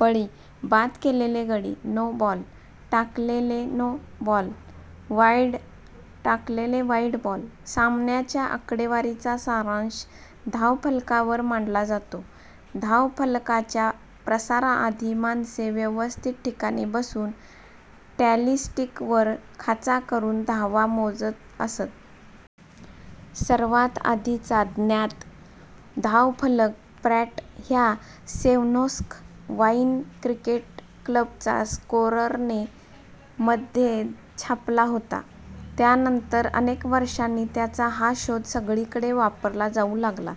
बळी: बाद केलेले गडी. नो बॉल: टाकलेलेनो बॉल. वाईड: टाकलेले वाईड बॉल. सामन्याच्या आकडेवारीचा सारांश धावफलकावर मांडला जातो. धावफलकाच्या प्रसाराआधी, माणसे व्यवस्थित ठिकाणी बसून टॅली स्टीक वर खाचा करून धावा मोजत असत. सर्वात आधीचा ज्ञात धावफलक प्रॅट ह्या सेव्हनोक्स वाईन क्रिकेट क्लबचा स्कोररने मध्ये छापला होता. त्यानंतर अनेक वर्षांनी त्याचा हा शोध सगळीकडे वापरला जाऊ लागला.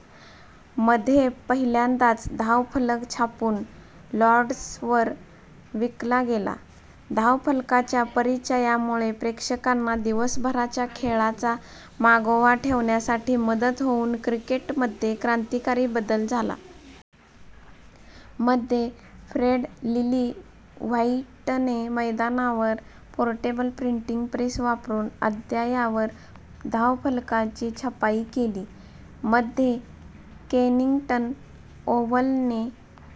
मध्ये पहिल्यांदाच धावफलक छापून लॉर्ड्सवर विकला गेला.। धावफलकाच्या परिचयामुळे प्रेक्षकांना दिवसभराच्या खेळाचा मागोवा ठेवण्यासाठी मदत होऊन क्रिकेटमध्ये क्रांतिकारी बदल झाला. मध्ये, फ्रेड लिली व्हाईटने मैदानावर पोर्टेबल प्रिंटिंग प्रेस वापरून अद्ययावर धावफलकांची छपाई केली. मध्ये, केनिंग्टन ओव्हलने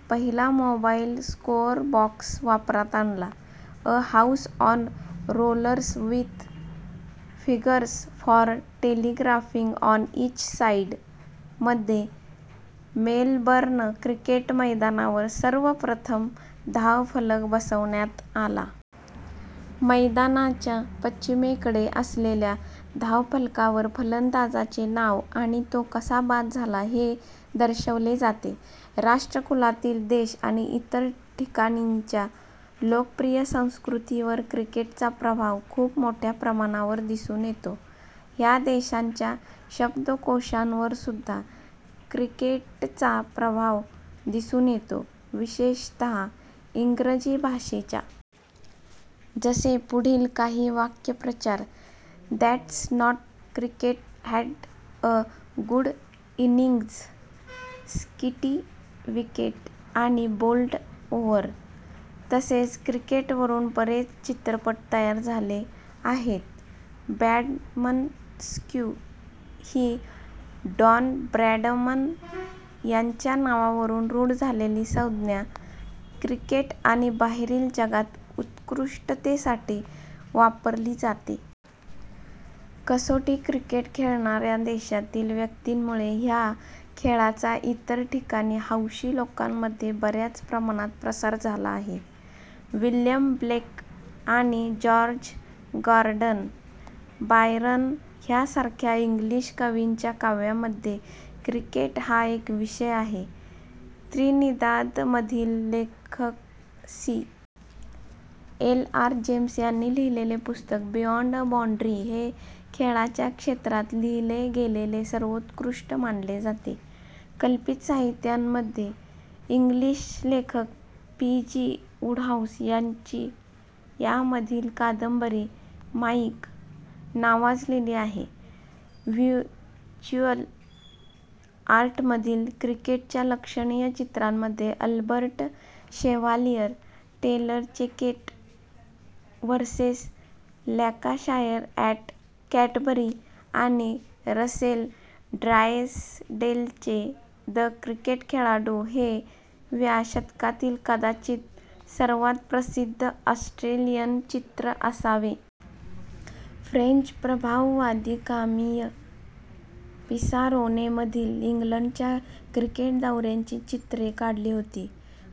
पहिला मोबाईल स्कोअरबॉक्स वापरात आणला, "a house on rollers with figures for telegraphing on each side". मध्ये, मेलबर्न क्रिकेट मैदानावर सर्वप्रथम धावफलक बसवण्यात आला. मैदानाच्या पश्चिमेकडे असलेल्या धावफलकावर फलंदाजाचे नाव आणि तो कसा बाद झाला हे दर्शवले जाते. राष्ट्रकुलातील देश आणि इतर ठिकाणींच्या लोकप्रिय संस्कृतींवर क्रिकेटचा प्रभाव खूप मोठ्या प्रमाणावर दिसून येतो. ह्या देशांच्या शब्दकोशांवरसुद्धा क्रिकेटचा प्रभाव दिसून येतो, विशेषतः इंग्रजी भाषेच्या. जसे पुढील काही वाक्प्रचार "that's not cricket", "had a good innings", "sticky wicket", आणि "बोल्ड ओव्हर". तसेच क्रिकेटवरून बरेच चित्रपट तयार झाले आहेत. "ब्रॅडमन्स्क्यू" ही डॉन ब्रॅडमन यांच्या नावावरून रूढ झालेली संज्ञा, क्रिकेट आणि बाहेरील जगात उत्कृष्टतेसाठी वापरली जाते. कसोटी क्रिकेट खेळणाऱ्या देशांतील व्यक्तींमुळे ह्या खेळाचा इतर ठिकाणी हौशी लोकांमध्ये बऱ्याच प्रमाणात प्रसार झाला आहे. विल्यम ब्लेक आणि जॉर्ज गॉर्डन बायरन ह्यासारख्या इंग्लिश कवींच्या काव्यामध्ये क्रिकेट हा एक विषय आहे. त्रिनिदादमधील लेखक सी. एल्. आर. जेम्स यांनी लिहिलेले पुस्तक बियॉंड अ बाऊंड्री, हे खेळाच्या क्षेत्रात लिहीले गेलेले सर्वोत्कृष्ट मानले जाते. कल्पित साहित्यामध्ये इंग्लिश लेखक पी. जी. वुडहाऊस यांची मधील कादंबरी, माईक नावाजलेली आहे. व्हिज्युअल आर्टमधील, क्रिकेटच्या लक्षणीय चित्रांमध्ये अल्बर्ट शेव्हालियर टेलरचे Kent versus Lancashire at Canterbury आणि रसेल ड्रायसडेलचे द क्रिकेट खेळाडू, हे " व्या शतकातील कदाचित सर्वात प्रसिद्ध ऑस्ट्रेलियन चित्र असावे. " फ्रेंच प्रभाववादी कामीय पिसारोने मधील इंग्लंडच्या क्रिकेट दौऱ्यांची चित्रे काढली होती.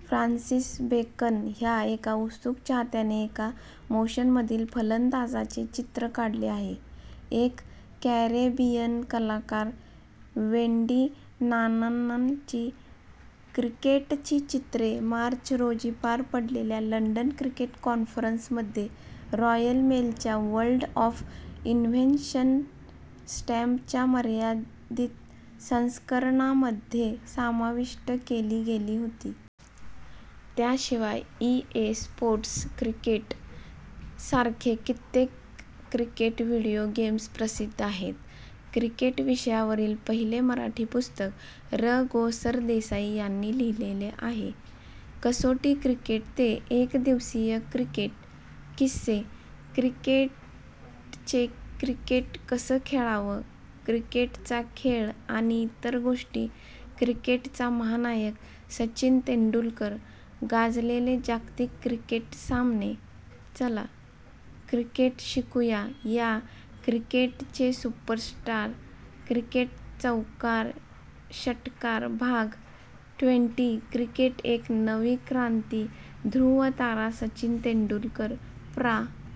फ्रान्सिस बेकन, ह्या एका उत्सुक चाहत्याने एका मोशनमधील फलंदाजाचे चित्र काढले आहे. एक कॅरेबियन कलाकार वेंडी नाननची क्रिकेटची चित्रे - मार्च रोजी पार पडलेल्या लंडन क्रिकेट कॉन्फरन्समध्ये रॉयल मेलच्या "वर्ल्ड ऑफ इन्व्हेन्शन" स्टॅम्पच्या मर्यादित संस्करणामध्ये समाविष्ट केली गेली होती. त्याशिवाय ई, ए, स्पोर्ट्स क्रिकेट सारखे कित्येक क्रिकेट व्हीडिओ गेम्स प्रसिद्ध आहेत. क्रिकेट विषयावरील पहिले मराठी पुस्तक र. गो. सरदेसाई यांनी लिहिले आहे. कसोटी क्रिकेट ते एकदिवसीय क्रिकेट किस्से क्रिकेटचे क्रिकेट कसं खेळावं क्रिकेटचा खेळ आणि इतर गोष्टी क्रिकेटचा महानायक सचिन तेंडुलकर गाजलेले जागतिक क्रिकेट सामने चला, क्रिकेट शिकू या क्रिकेटचे सुपरस्टार क्रिकेट चौकार षटकार भाग, ट्वेंटी क्रिकेट एक नवी क्रांती ध्रुवतारा सचिन तेंडूलकर प्रा.